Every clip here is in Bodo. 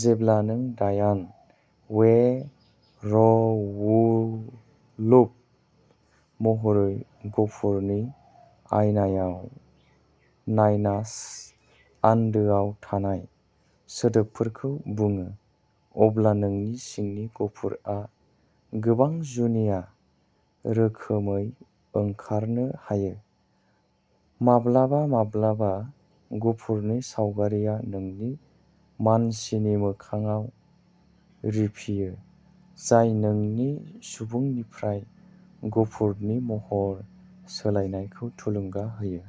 जेब्ला नों, डायान वेयरवुल्फ महरै, गफुरनि आयनाआव नायना आन्दोआव थानाय सोदोबफोरखौ बुङो, अब्ला नोंनि सिंनि गफुरआ गोबां जुनिया रोखोमै ओंखारनो हायो। माब्लाबा-माब्लाबा गफुरनि सावगारिआ नोंनि मानसिनि मोखांआव रिफियो, जाय नोंनि सुबुंनिफ्राय गफुरनि महर सोलायनायखौ थुलुंगा होयो।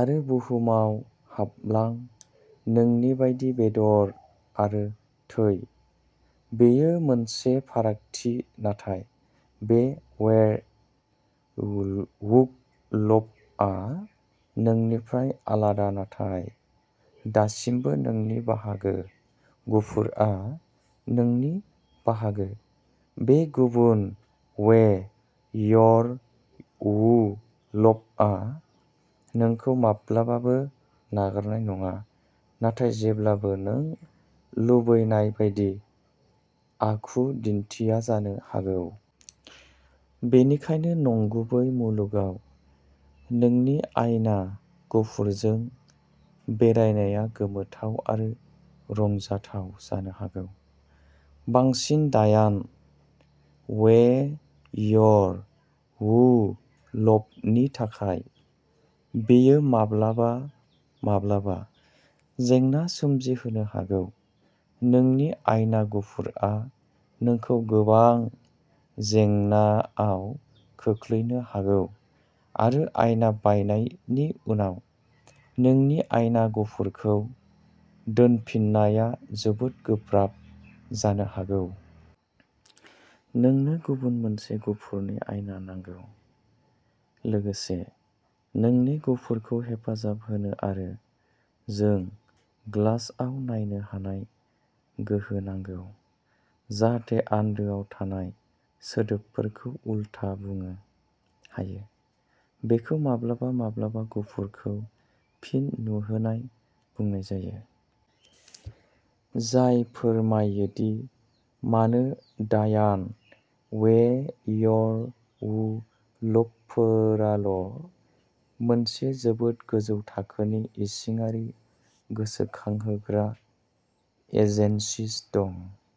आरो बुहुमाव हाबलां, नोंनि बायदि बेदर आरो थै। बेयो मोनसे फारागथि नाथाय बे वेयरवुल्फआ नोंनिफ्राय आलादा, नाथाय दासिमबो नोंनि बाहागो। गफुरआ नोंनि बाहागो। बे गुबुन वेयरवुल्फआ नोंखौ माब्लाबाबो नागारनाय नङा, नाथाय जेब्लाबो नों लुबैनाय बायदि आखु दिन्थिया जानो हागौ। बेनिखायनो नंगुबै मुलुगाव नोंनि आयना गफुरजों बेरायनाया गोमोथाव आरो रंजाथाव जानो हागौ, बांसिन डायान वेयरवुल्फनि थाखाय बेयो माब्लाबा माब्लाबा जेंना सोमजिहोनो हागौ। नोंनि आयना गफुरआ नोंखौ गोबां जेंनाआव खोख्लैनो हागौ आरो आयना बायनायनि उनाव नोंनि आयना गफुरखौ दोनफिननाया जोबोद गोब्राब जानो हागौ। नोंनो गुबुन मोनसे गफुरनि आयना नांगौ, लोगोसे नोंनि गफुरखौ हेफाजाब होनो आरो जों ग्लासआव नायनो हानाय गोहो नांगौ, जाहाथे आन्दोआव थानाय सोदोबफोरखौ उलथा बुंओ हायो। बेखौ माब्लाबा माब्लाबा गफुरखौ फिन नुहोनाय बुंनाय जायो। जाय फोरमायो दि मानो डायान वेयरवुल्फफोराल' मोनसे जोबोद गोजौ थाखोनि, इसिङारि गोसोखांहोग्रा एजेन्सि दं।